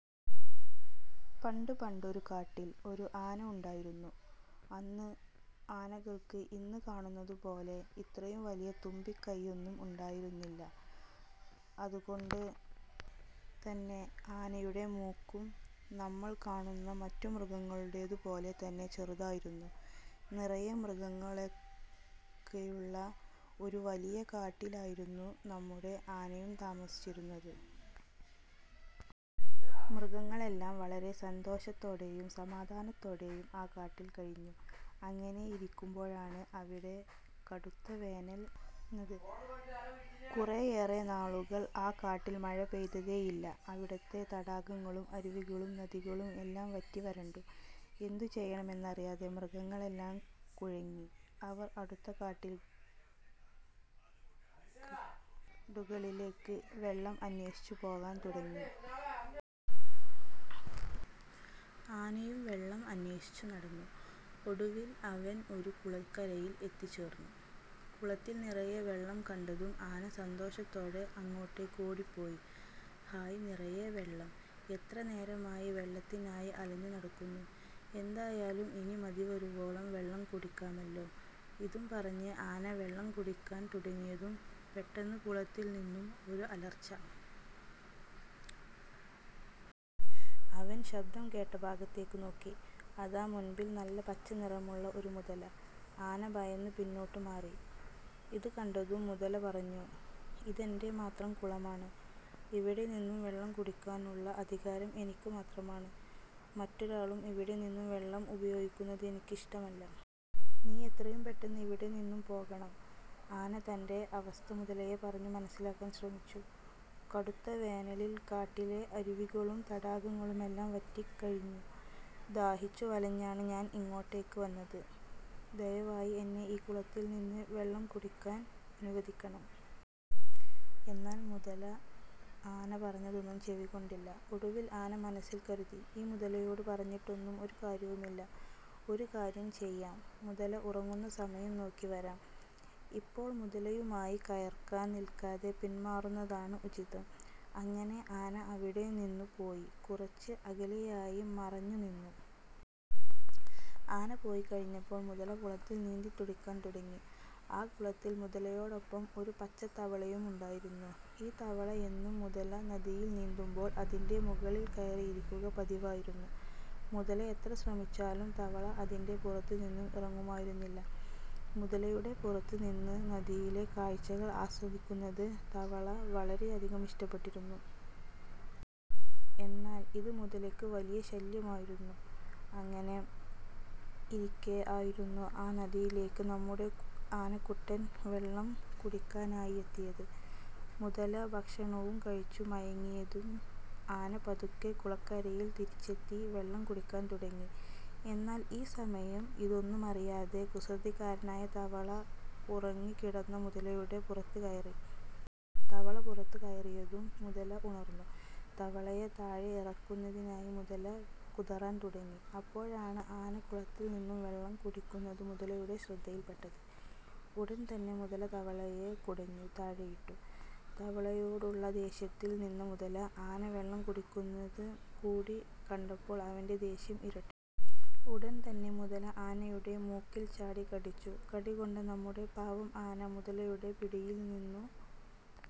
പണ്ട് പണ്ടൊരു കാട്ടിൽ ഒരു ആന ഉണ്ടായിരുന്നു. അന്ന് ആനകൾക്ക് ഇന്നു കാണുന്നതു പോലെ ഇത്രയും വലിയ തുമ്പിക്കൈയൊന്നും ഉണ്ടായിരുന്നില്ല. അതുകൊണ്ടു തന്നെ ആനയുടെ മൂക്കും നമ്മൾ കാണുന്ന മറ്റു മൃഗങ്ങളുടേതു പോലെ തന്നെ ചെറുതായിരുന്നു. നിറയെ മൃഗങ്ങളൊക്കെയുള്ള ഒരു വലിയ കാട്ടിലായിരുന്നു നമ്മുടെ ആനയും താമസിച്ചിരുന്നത്. മൃഗങ്ങളെല്ലാം വളരെ സന്തോഷത്തോടെയും സമാധാനത്തോടെയും ആ കാട്ടിൽ കഴിഞ്ഞു. അങ്ങനെയിരിക്കുമ്പോഴാണ് അവിടെ കടുത്ത വേനൽ വന്നത്. കുറേയേറെ നാളുകൾ ആ കാട്ടിൽ മഴ പെയ്തതേ ഇല്ല. അവിടത്തെ തടാകങ്ങളും അരുവികളും നദികളും എല്ലാം വറ്റി വരണ്ടു. എന്തു ചെയ്യണം എന്നറിയാതെ മൃഗങ്ങളെല്ലാം കുഴങ്ങി. അവർ അടുത്ത കാടുകളിലേക്ക് വെള്ളം അന്വേഷിച്ച് പോകാൻ തുടങ്ങി. ആനയും വെള്ളം അന്വേഷിച്ചു നടന്നു. ഒടുവിൽ അവൻ ഒരു കുളക്കരയിൽ എത്തിചേർന്നു. കുളത്തിൽ നിറയെ വെള്ളം കണ്ടതും ആന സന്തോഷത്തോടെ അങ്ങോട്ടേക്ക് ഓടി പോയി. "ഹായ് നിറയെ വെള്ളം, എത്ര നേരമായി വെള്ളത്തിനായി അലഞ്ഞു നടക്കുന്നു. എന്തായാലും ഇനി മതിവരുവോളം വെള്ളം കുടിക്കാമല്ലോ. " ഇതും പറഞ്ഞ് ആന വെള്ളം കുടിക്കാൻ തുടങ്ങിയതും പെട്ടെന്ന് കുളത്തിൽ നിന്നും ഒരു അലർച്ച. അവൻ ശബ്ദം കേട്ട ഭാഗത്തേക്ക് നോക്കി. അതാ മുൻപിൽ നല്ല പച്ച നിറമുള്ള ഒരു മുതല. ആന ഭയന്ന് പിന്നോട്ട് മാറി. ഇതു കണ്ടതും മുതല പറഞ്ഞു "ഇതെന്റെ മാത്രം കുളമാണ്. ഇവിടെ നിന്നും വെള്ളം കുടിക്കാനുള്ള അധികാരം എനിക്ക് മാത്രമാണ്. മറ്റൊരാളും ഇവിടെ നിന്നും വെള്ളം ഉപയോഗിക്കുന്നത് എനിക്കിഷ്ടമല്ല. നീ എത്രയും പെട്ടെന്ന് ഇവിടെ നിന്നു പോകണം. " ആന തന്റെ അവസ്ഥ മുതലയെ പറഞ്ഞു മനസ്സിലാക്കാൻ ശ്രമിച്ചു. "കടുത്ത വേനലിൽ കാട്ടിലെ അരുവികളും തടാകങ്ങളുമെല്ലാം വറ്റി കഴിഞ്ഞു. ദാഹിച്ചു വലഞ്ഞാണ് ഞാൻ ഇങ്ങോട്ടേക്ക് വന്നത്. ദയവായി എന്നെ ഈ കുളത്തിൽ നിന്ന് വെള്ളം കുടിക്കാൻ അനുവദിക്കണം. " എന്നാൽ മുതല ആന പറഞ്ഞതൊന്നും ചെവിക്കൊണ്ടില്ല. ഒടുവിൽ ആന മനസ്സിൽ കരുതി "ഈ മുതലയോട് പറഞ്ഞിട്ടൊന്നും ഒരു കാര്യവുമില്ല. ഒരു കാര്യം ചെയ്യാം മുതല ഉറങ്ങുന്ന സമയം നോക്കി വരാം. ഇപ്പോൾ മുതലയുമായി കയർക്കാൻ നിൽക്കാതെ പിൻമാറുന്നതാണ് ഉചിതം. " അങ്ങനെ ആന അവിടെ നിന്നു പോയി കുറച്ച് അകലെയായി മറഞ്ഞു നിന്നു. ആന പോയി കഴിഞ്ഞപ്പോൾ മുതല കുളത്തിൽ നീന്തിത്തുടിക്കാൻ തുടങ്ങി. ആ കുളത്തിൽ മുതലയോടൊപ്പം ഒരു പച്ച തവളയും ഉണ്ടായിരുന്നു. ഈ തവള എന്നും മുതല നദിയിൽ നീന്തുമ്പോൾ അതിന്റെ മുകളിൽ കയറിയിരിക്കുക പതിവായിരുന്നു. മുതല എത്ര ശ്രമിച്ചാലും തവള അതിന്റെ പുറത്തു നിന്നും ഇറങ്ങുമായിരുന്നില്ല. മുതലയുടെ പുറത്തിരുന്ന് നദിയിലെ കാഴ്ചകൾ ആസ്വദിക്കുന്നത് തവള വളരെയധികം ഇഷ്ടപ്പെട്ടിരുന്നു. എന്നാൽ ഇത് മുതലയ്ക്ക് വലിയ ശല്യമായിരുന്നു. അങ്ങനെയിരിക്കെ ആയിരുന്നു ആ നദിയിലേക്ക് നമ്മുടെ ആനക്കുട്ടൻ വെള്ളം കുടിക്കാനായി എത്തിയത്. മുതല ഉച്ചഭക്ഷണവും കഴിച്ചു മയങ്ങിയതും ആന പതുക്കെ കുളക്കരയിൽ തിരിച്ചെത്തി വെള്ളം കുടിക്കാൻ തുടങ്ങി. എന്നാൽ ഈ സമയം ഇതൊന്നുമറിയാതെ കുസൃതിക്കാരനായ തവള ഉറങ്ങിക്കിടന്ന മുതലയുടെ പുറത്തുകയറി. തവള പുറത്തു കയറിയതും മുതല ഉണർന്നു. തവളയെ താഴെ ഇറക്കുന്നതിനായി മുതല കുതറാൻ തുടങ്ങി. അപ്പോഴാണ് ആന കുളത്തിൽ നിന്നും വെള്ളം കുടിക്കുന്നത് മുതലയുടെ ശ്രദ്ധയിൽപ്പെട്ടത്. ഉടൻ തന്നെ മുതല തവളയെ കുടഞ്ഞു താഴെയിട്ടു. തവളയോടുള്ള ദേഷ്യത്തിൽ നിന്ന മുതല ആന വെള്ളം കുടിക്കുന്നത് കൂടി കണ്ടപ്പോൾ അവന്റെ ദേഷ്യം ഇരട്ടിച്ചു. ഉടൻ തന്നെ മുതല ആനയുടെ മൂക്കിൽ ചാടി കടിച്ചു. കടി കൊണ്ട നമ്മുടെ പാവം ആന മുതലയുടെ പിടിയിൽ നിന്നു